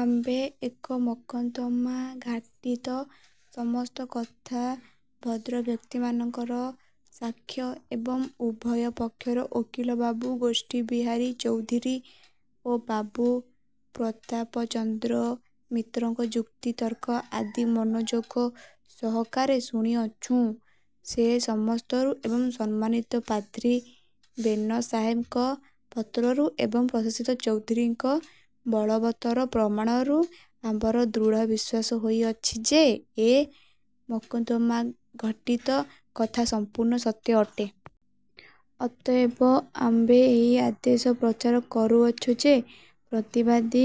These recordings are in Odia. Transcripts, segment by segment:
''ଆମ୍ଭେ ଏ ମକଦ୍ଦମାଘଟିତ ସମସ୍ତ କଥା, ଭଦ୍ରବ୍ୟକ୍ତିମାନଙ୍କର ସାକ୍ଷ ଏବଂ ଉଭୟ ପକ୍ଷର ଓକିଲ ବାବୁ ଗୋଷ୍ଠବିହାରୀ ଚୌଧୁରୀ ଓ ବାବୁ ପ୍ରତାପଚନ୍ଦ୍ର ମିତ୍ରଙ୍କ ଯୁକ୍ତି ତର୍କ ଆଦି ମନୋଯୋଗ ସହକାରେ ଶୁଣିଅଛୁଁ। ସେ ସମସ୍ତରୁ ଏବଂ ସମ୍ମାନିତ ପାଦ୍ରି ବେନ ସାହେବଙ୍କ ପତ୍ରରୁ ଏବଂ ପ୍ରଶଂସିତ ଚୌଧୁରୀଙ୍କ ବଳବତ୍ତର ପ୍ରମାଣରୁ ଆମ୍ଭର ଦୃଢ଼ ବିଶ୍ୱାସ ହୋଇଅଛି ଯେ, ଏ ମକଦ୍ଦମାଘଟିତ କଥା ସମ୍ପୂର୍ଣ୍ଣ ସତ୍ୟ ଅଟେ। ଅତଏବ ଆମ୍ଭେ ଏହି ଆଦେଶ ପ୍ରଚାର କରୁଅଛୁଁ ଯେ, ପ୍ରତିବାଦୀ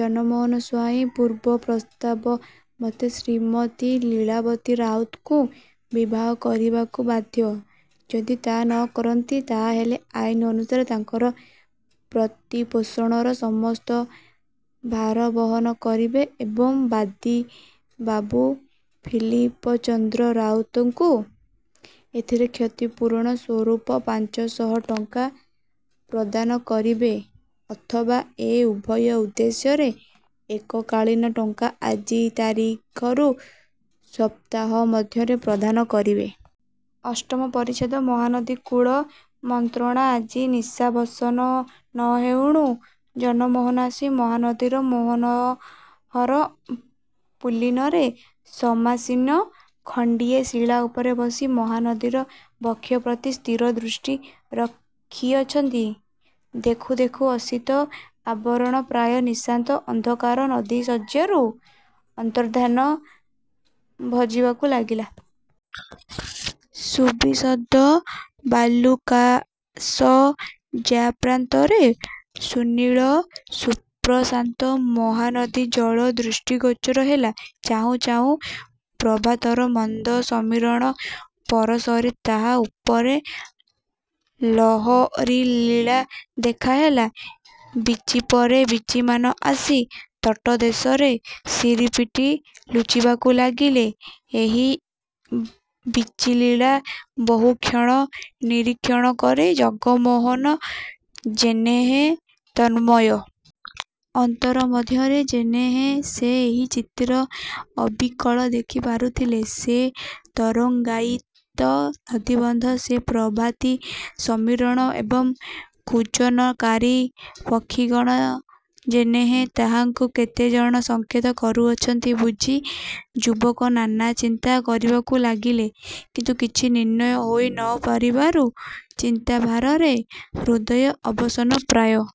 ଜନମୋହନ ସ୍ୱାଇଁ ପୂର୍ବ ପ୍ରସ୍ତାବମତେ ଶ୍ରୀମତୀ ଲୀଳାବତୀ ରାଉତଙ୍କୁ ବିବାହ କରିବାକୁ ବାଧ୍ୟ। ଯଦି ତାହା ନ କରନ୍ତି, ତାହାହେଲେ ଆଇନ ଅନୁସାରେ ତାଙ୍କର ପ୍ରତିପୋଷଣର ସମସ୍ତ ଭାର ବହନ କରିବେ ଏବଂ ବାଦୀ ବାବୁ ଫିଲିପଚନ୍ଦ୍ର ରାଉତଙ୍କୁ ଏଥିର କ୍ଷତିପୂରଣସ୍ୱରୂପ ପାଞ୍ଚ ଶତ ଟଙ୍କା ପ୍ରଦାନ କରିବେ ଅଥବା ଏ ଉଭୟ ଉଦ୍ଦେଶ୍ୟରେ ଏକକାଳୀନ ଟଙ୍କା ଆଜି ତାରିଖରୁ ସପ୍ତାହ ମଧ୍ୟରେ ପ୍ରଦାନ କରିବେ। '' ଅଷ୍ଟମ ପରିଚ୍ଛେଦ ମହାନଦୀ କୂଳ ମନ୍ତ୍ରଣା ଆଜି ନିଶାବସାନ ନ ହେଉଣୁ ଜନମୋହନ ଆସି ମହାନଦୀର ମନୋହର ପୁଳିନରେ ସମାସୀନ। ଖଣ୍ଡିଏ ଶିଳା ଉପରେ ବସି ମହାନଦୀର ବକ୍ଷ ପ୍ରତି ସ୍ଥିରଦୃଷ୍ଟି ରଖିଅଛନ୍ତି। ଦେଖୁଁ ଦେଖୁଁ ଅସିତ ଆବରଣ ପ୍ରାୟ ନିଶାନ୍ତ ଅନ୍ଧକାର ନଦୀଶଯ୍ୟାରୁ ଅନ୍ତର୍ଦ୍ଧାନ ଭଜିବାକୁ ଲାଗିଲା। ସୁବିଶଦ ବାଲୁକାଶଯ୍ୟାପ୍ରାନ୍ତରେ ସୁନୀଳ ସୁପ୍ରଶାନ୍ତ ମହାନଦୀଜଳ ଦୃଷ୍ଟିଗୋଚର ହେଲା। ଚାହୁଁ ଚାହୁଁ ପ୍ରଭାତର ମନ୍ଦ ସମୀରଣ ପରଶରେ ତାହା ଉପରେ ଲହରୀଲୀଳା ଦେଖା ଦେଲା। ବୀଚି ପରେ ବୀଚିମାନ ଆସି ତଟଦେଶରେ ଶିର ପିଟି ଲୁଚିବାକୁ ଲାଗିଲେ। ଏହି ବୀଚିଲୀଳା ବହୁକ୍ଷଣ ନିରୀକ୍ଷଣ କରି ଜଗମୋହନ ଯେହ୍ନେ ତନ୍ମୟ। ଅନ୍ତର ମଧ୍ୟରେ ଯେହ୍ନେ ସେ ଏହି ଚିତ୍ର ଅବିକଳ ଦେଖି ପାରୁଥିଲେ। ସେ ତରଙ୍ଗାୟିତ ନଦୀବନ୍ଧ, ସେ ପ୍ରଭାତୀ ସମୀରଣ ଏବଂ କୂଜନକାରୀ ପକ୍ଷିଗଣ ଯେହ୍ନେ ତାହାଙ୍କୁ କେତେ କଣ ସଙ୍କେତ କରୁଅଛନ୍ତି ବୁଝି, ଯୁବକ ନାନା ଚିନ୍ତା କରିବାକୁ ଲାଗିଲେ। କିନ୍ତୁ କିଛି ନିର୍ଣ୍ଣୟ ହୋଇ ନ ପାରିବାରୁ ଚିନ୍ତାଭାରରେ ହୃଦୟ ଅବସନ୍ନପ୍ରାୟ।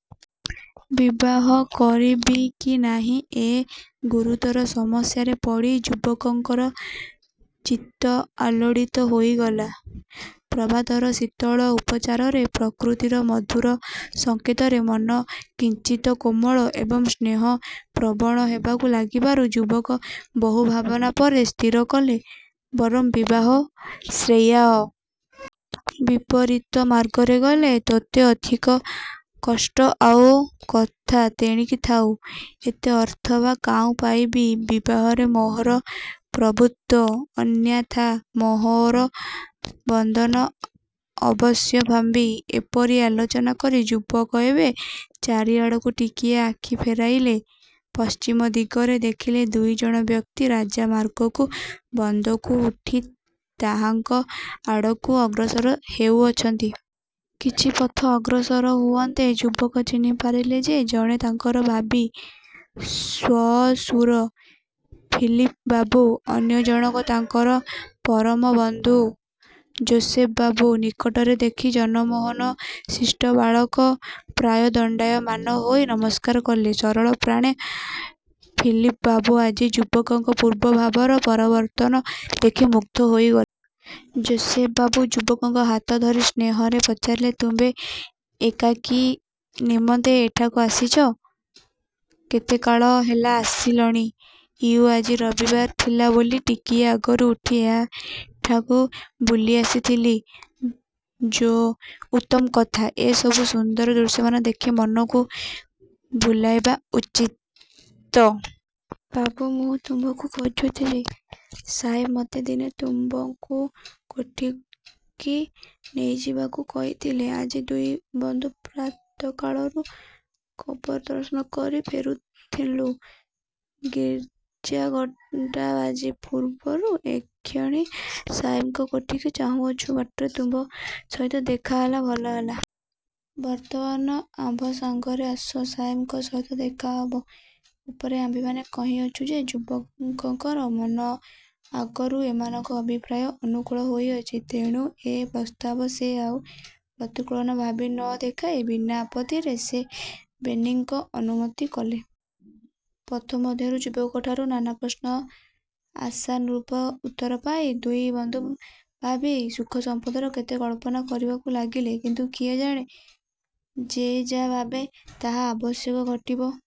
'ବିବାହ କରିବି କି ନାହିଁ' ଏହି ଗୁରୁତର ସମସ୍ୟାରେ ପଡ଼ି ଯୁବକଙ୍କର ଚିତ୍ତ ଆଲୋଡ଼ିତ ହୋଇଗଲା। ପ୍ରଭାତର ଶୀତଳ ଉପଚାରରେ ପ୍ରକୃତିର ମଧୁର ସଙ୍କେତରେ ମନ କିଞ୍ଚିତ୍ କୋମଳ ଏବଂ ସ୍ନେହପ୍ରବଣ ହେବାକୁ ଲାଗିବାରୁ ଯୁବକ ବହୁ ଭାବନା ପରେ ସ୍ଥିର କଲେ, ବରଂ ବିବାହ ଶ୍ରେୟଃ। ବିପରୀତମାର୍ଗରେ ଗଲେ ତତୋଽଧିକ କଷ୍ଟ। ଆଉ କଥା ତେଣିକି ଥାଉ, ଏତେ ଅର୍ଥ ବା କାହୁଁ ପାଇବି? ବିବାହରେ ମୋହର ପ୍ରଭୁତ୍ୱ, ଅନ୍ୟଥା ମୋହର ବନ୍ଧନ ଅବଶ୍ୟମ୍ଭାବୀ। ଏହିପରି ଆଲୋଚନା କରି ଯୁବକ ଏବେ ଚାରିଆଡ଼କୁ ଟିକିଏ ଆଖି ଫେରାଇଲେ। ପଶ୍ଚିମଦିଗରେ ଦେଖିଲେ, ଦୁଇ ଜଣ ବ୍ୟକ୍ତି ରାଜମାର୍ଗରୁ ବନ୍ଧକୁ ଉଠି ତାହାଙ୍କ ଆଡ଼କୁ ଅଗ୍ରସର ହେଉଅଛନ୍ତି। କିଛି ପଥ ଅଗ୍ରସର ହୁଅନ୍ତେ ଯୁବକ ଚିହ୍ନି ପାରିଲେ ଯେ ଜଣେ ତାଙ୍କର ଭାବୀ ଶ୍ୱଶୁର ଫିଲିପ ବାବୁ, ଅନ୍ୟ ଜଣକ ତାଙ୍କର ପରମବନ୍ଧୁ ଯୋଶେଫ ବାବୁ। ନିକଟରେ ଦେଖି ଜନମୋହନ ଶିଷ୍ଟ ବାଳକ ପ୍ରାୟ ଦଣ୍ଡାୟମାନ ହୋଇ ନମସ୍କାର କଲେ। ସରଳପ୍ରାଣ ଫିଲିପ ବାବୁ ଆଜି ଯୁବକଙ୍କ ପୂର୍ବ ଭାବର ପରିବର୍ତ୍ତନ ଦେଖି ମୁଗ୍ଧ ହୋଇଗଲେ। ଯୋଶେଫ ବାବୁ ଯୁବକଙ୍କ ହାତ ଧରି ସସ୍ନେହରେ ପଚାରିଲେ, ''ତୁମ୍ଭେ ଏକାକୀ କି ନିମନ୍ତେ ଏଠାକୁ ଆସିଅଛ? କେତେକାଳ ହେଲା ଆସିଲଣି? '' ଯୁ- ଆଜି ରବିବାର ଥିଲା ବୋଲି ଟିକିଏ ଆଗରୁ ଉଠି ଏଠାକୁ ବୁଲିଆସିଥିଲି। ଯୋ- ଉତ୍ତମ କଥା, ଏ ସବୁ ସୁନ୍ଦର ଦୃଶ୍ୟମାନ ଦେଖି ମନକୁ ଭୁଲାଇବା ଉଚିତ। ବାବୁ, ମୁଁ ତୁମ୍ଭଙ୍କୁ ଖୋଜୁଥିଲି। ସାହେବ ମୋତେ ଦିନେ ତୁମ୍ଭଙ୍କୁ କୋଠିକି ନେଇଯିବାକୁ କହିଥିଲେ। ଆଜି ଦୁଇ ବନ୍ଧୁ ପ୍ରାତଃକାଳରୁ କବର ଦର୍ଶନ କରି ଫେରୁଥିଲୁଁ। ଗିର୍ଜାଘଣ୍ଟା ବାଜିବା ପୂର୍ବରୁ ଏହିକ୍ଷଣି ସାହେବଙ୍କ କୋଠିକି ଯାଉଅଛୁଁ। ବାଟରେ ତୁମ୍ଭ ସହିତ ଦେଖା ହେଲା, ଭଲ ହେଲା। ବର୍ତ୍ତମାନ ଆମ୍ଭ ସଙ୍ଗରେ। ଆସ, ସାହେବଙ୍କ ସହିତ ଦେଖା ହେବ। ଉପରେ ଆମ୍ଭେମାନେ କହିଅଛୁଁ ଯେ ଯୁବକଙ୍କର ମନ ଆଗରୁ ଏମାନଙ୍କ ଅଭିପ୍ରାୟର ଅନୁକୂଳ ହୋଇଅଛି। ତେଣୁ ଏ ପ୍ରସ୍ତାବରେ ସେ ଆଉ ପ୍ରତିକୂଳ ଭାବ ନ ଦେଖାଇ ବିନା ଆପତ୍ତିରେ ସେ ବେନିଙ୍କ ଅନୁଗମନ କଲେ। ପଥ ମଧ୍ୟରେ ଯୁବକଙ୍କଠାରୁ ନାନା ପ୍ରଶ୍ନର ଆଶାନୁରୂପ ଉତ୍ତର ପାଇ ଦୁଇ ବନ୍ଧୁ ଭାବୀ ସୁଖ ସମ୍ପଦର କେତେ କଳ୍ପନା କରିବାକୁ ଲାଗିଲେ। କିନ୍ତୁ କିଏ ଜାଣେ, ସେ ଯାହା ଭାବେ, ତାହା ଅବଶ୍ୟ ଘଟିବ?